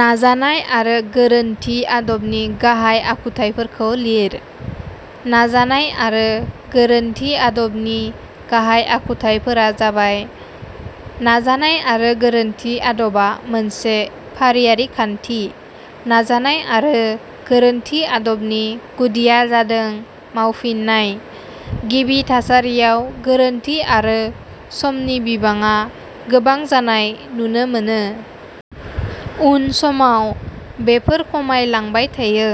नाजानाय आरो गोरोन्थि आदबनि गाहाइ आखुथाइफोरखौ लिर।: नाजानाय आरो गोरोन्थि आदबनि गाहाइ आखुथाइफोरा जाबाय:. नाजानाय आरो गोरोन्थि आदबा मोनसे फारियारि खान्थि।. नाजानाय आरो गोरोन्थि आदबनि गुदिया जादों मावफिननाय।. गिबि थासारियाव गोरोन्थि आरो समनि बिबाङा गोबां जानाय नुनो मोनो। उन समाव बेफोर खमाय लांबाय थायो।.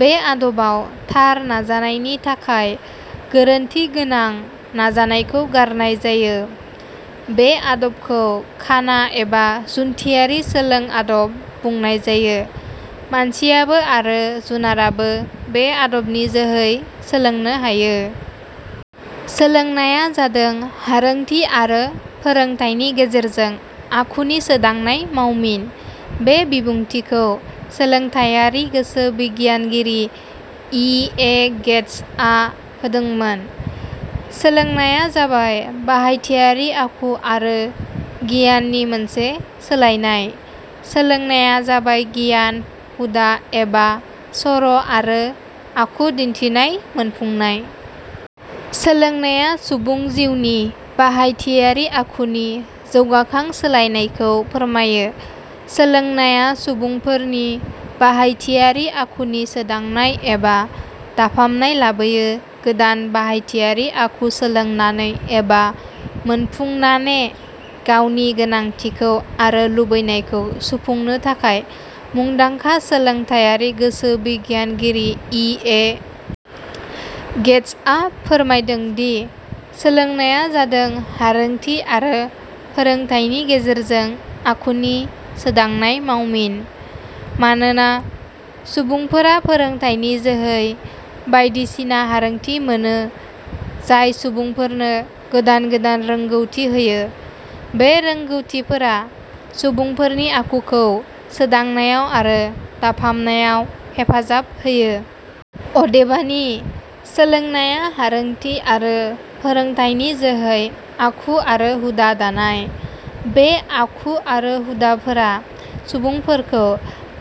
बे आदबाव थार नाजानायनि थाखाय गोरोन्थि गोनां नाजानायखौ गारनाय जायो।. बे आदबखौ खाना एबा जुन्थियारि सोलों आदब बुंनाय जायो।. मानसियाबो आरो जुनाराबो बे आदबनि जोहै सोलोंनो हायो।: "सोलोंनाया जादों हारोंथि आरो फोरोंथाइनि गेजेरजों आखुनि सोदांनाय मावमिन। " बे बिबुंथिखौ सोलोंथाइयारि गोसो बिगियानगिरि इ. ए. गेटस आ होदोंमोन। सोलोंनाया जाबाय बाहायथियारि आखु आरो गियाननि मोनसे सोलायनाय। सोलोंनाया जाबाय गियान, हुदा एबा सर' आरो आखु दिन्थिनाय मोनफुंनाय। सोलोंनाया सुबुं जिउनि बाहायथियारि आखुनि जौगाखां सोलायनायखौ फोरमायो। सोलोंनाया सुबुंफोरनि बाहायथियारि आखुनि सोदांनाय एबा दाफामनाय लाबोयो गोदान बाहायथियारि आखु सोलोंनानै एबा मोनफुंनाने गावनि गोनांथिखौ आरो लुबैनायखौ सुफुंनो थाखाय। मुंदांखा सोलोंथाइयारि गोसोबिगियानगिरि इ. ए. गेटस आ फोरमायदों दि, "सोलोंनाया जादों हारोंथि आरो फोरोंथाइनि गेजेरजों आखुनि सोदांनाय मावमिन"। मानोना सुबुंफोरा फोरोंथाइनि जोहै बायदिसिना हारोंथि मोनो जाय सुबुंफोरनो गोदान गोदान रोंगौथि होयो। बे रोंगौथिफोरा सुबुंफोरनि आखुखौ सोदांनायाव आरो दाफामनायाव हेफाजाब होयो। अदेबानि, सोलोंनाया हारोंथि आरो फोरोंथाइनि जोहै आखु आरो हुदा दानाय। बे आखु आरो हुदाफोरा सुबुंफोरखौ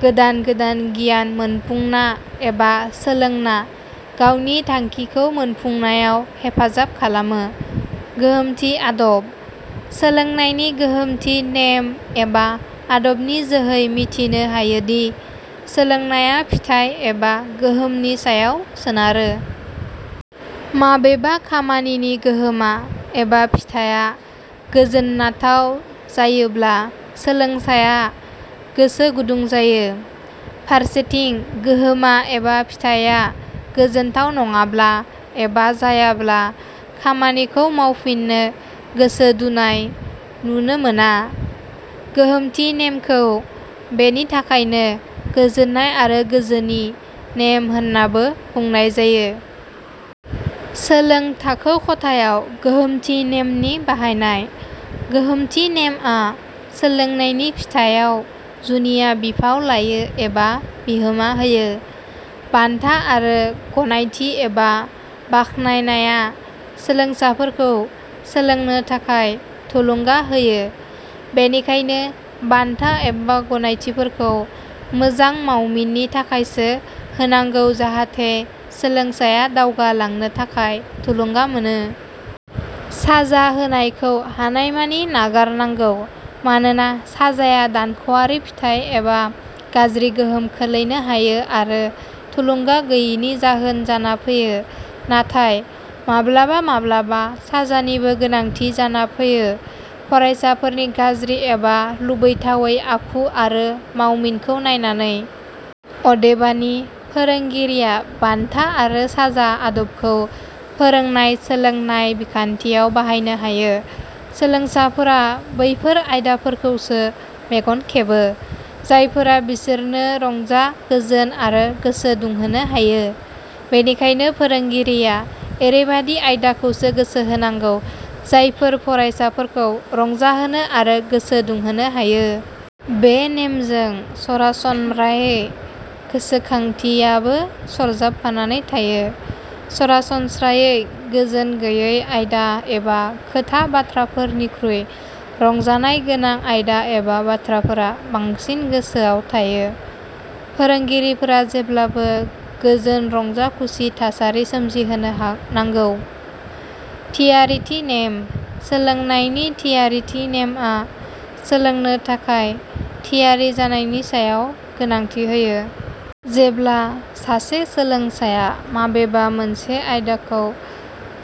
गोदान गोदान गियान मोनपुंना एबा सोलोंना गावनि थांखिखौ मोनफुंनायाव हेफाजाब खालामो।: गोहोमथि आदब: सोलोंनायनि गोहोमथि नेम एबा आदबनि जोहै मिथिनो हायोदि, सोलोंनाया फिथाइ एबा गोहोमनि सायाव सोनारो। माबेबा खामानिनि गोहोमा एबा फिथाया गोजोननाथाव जायोब्ला, सोलोंसाया गोसो गुदुं जायो। फारसेथिं गोहोमा एबा फिथाइया गोजोनथाव नङाब्ला एबा जायाब्ला खामानिखौ मावफिननो गोसो दुनाय नुनो मोना। गोहोमथि नेमखौ बेनि थाखायनो "गोजोननाय आरो गोजोनि" नेम होननाबो बुंनाय जायो। सोलों थाखो खथायाव गोहोमथि नेमनि बाहायनाय: गोहोमथि नेमआ सोलोंनायनि फिथाइयाव जुनिया बिफाव लायो एबा बिहोमा होयो। बान्था आरो गनायथि एबा बाखनायनाया सोलोंसाफोरखौ सोलोंनो थाखाय थुलुंगा होयो। बेनिखायनो बान्था एबा गनायथिफोरखौ मोजां मावमिननि थाखायसो होनांगौ जाहाथे सोलोंसाया दावगा लांनो थाखाय थुलुंगा मोनो। साजा होनायखौ हानायमानि नागार नांगौ। मानोना साजाया दानख 'आरि फिथाइ एबा गाज्रि गोहोम खोलैनो हायो आरो थुलुंगा गोयिनि जाहोन जाना फैयो। नाथाय माब्लाबा माब्लाबा साजानिबो गोनांथि जाना फैयो, फरायसाफोरनि गाज्रि एबा लुबैथावै आखु आरो मावमिनखौ नायनानै। अदेबानि, फोरोंगिरिया 'बान्था आरो साजा' आदबखौ फोरोंनाय सोलोंनाय बिखान्थियाव बाहायनो हायो। सोलोंसाफोरा बैफोर आयदाफोरखौसो मेगन खेबो, जायफोरा बिसोरनो रंजा गोजोन आरो गोसो दुंहोनो हायो। बेनिखायनो फोरोंगिरिया एरैबादि आयदाखौसो गोसो होनांगौ जायफोर फरायसाफोरखौ रंजाहोनो आरो गोसो दुंहोनो हायो। बे नेमजों सरासनम्रायै गोसोखांथि याबो सरजाबफानानै थायो। सरासनस्रायै गोजोन गोयै आयदा एबा खोथा- बाथ्राफोरनिख्रुइ रंजानाय गोनां आयदा एबा बाथ्राफोरा बांसिन गोसोआव थायो। फोरोंगिरिफोरा जेब्लाबो गोजोन-रंजाखुसि थासारि सोमजिहोनो नांगौ।: थियारिथि नेम:: सोलोंनायनि थियारिथि नेमआ सोलोंनो थाखाय थियारि जानायनि सायाव गोनांथि होयो। जेब्ला सासे सोलोंसाया माबेबा मोनसे आयदाखौ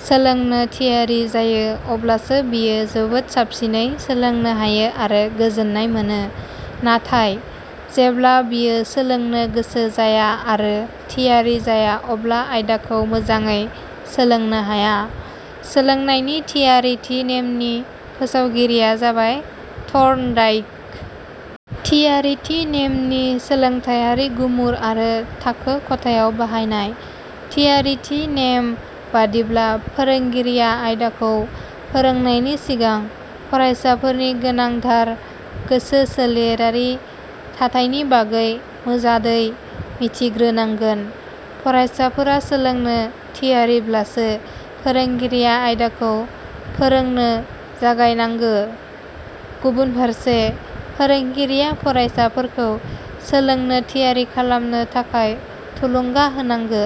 सोलोंनो थियारि जायो, अब्लासो बियो जोबोद साबसिनै सोलोंनो हायो आरो गोजोननाय मोनो। नाथाय, जेब्ला बियो सोलोंनो गोसो जाया आरो थियारि जाया अब्ला आयदाखौ मोजाङै सोलोंनो हाया। सोलोंनायनि थियारिथि नेमनि फोसावगिरिया जाबाय थर्नडाइक। थियारिथि नेमनि सोलोंथाइयारि गुमुर आरो थाखो खथायाव बाहायनाय :थियारिथि नेम बादिब्ला फोरोंगिरिया आयदाखौ फोरोंनायनि सिगां फरायसाफोरनि गोनांधार गोसो-सोलेरारि थाथाइनि बागै मोजाडै मिथिग्रोनांगोन। फरायसाफोरा सोलोंनो थियारिब्लासो फोरोंगिरिया आयदाखौ फोरोंनो जागायनांगो। गुबुनफारसे, फोरोंगिरिया फरायसाफोरखौ सोलोंनो थियारि खालामनो थाखाय थुलुंगा होनांगो।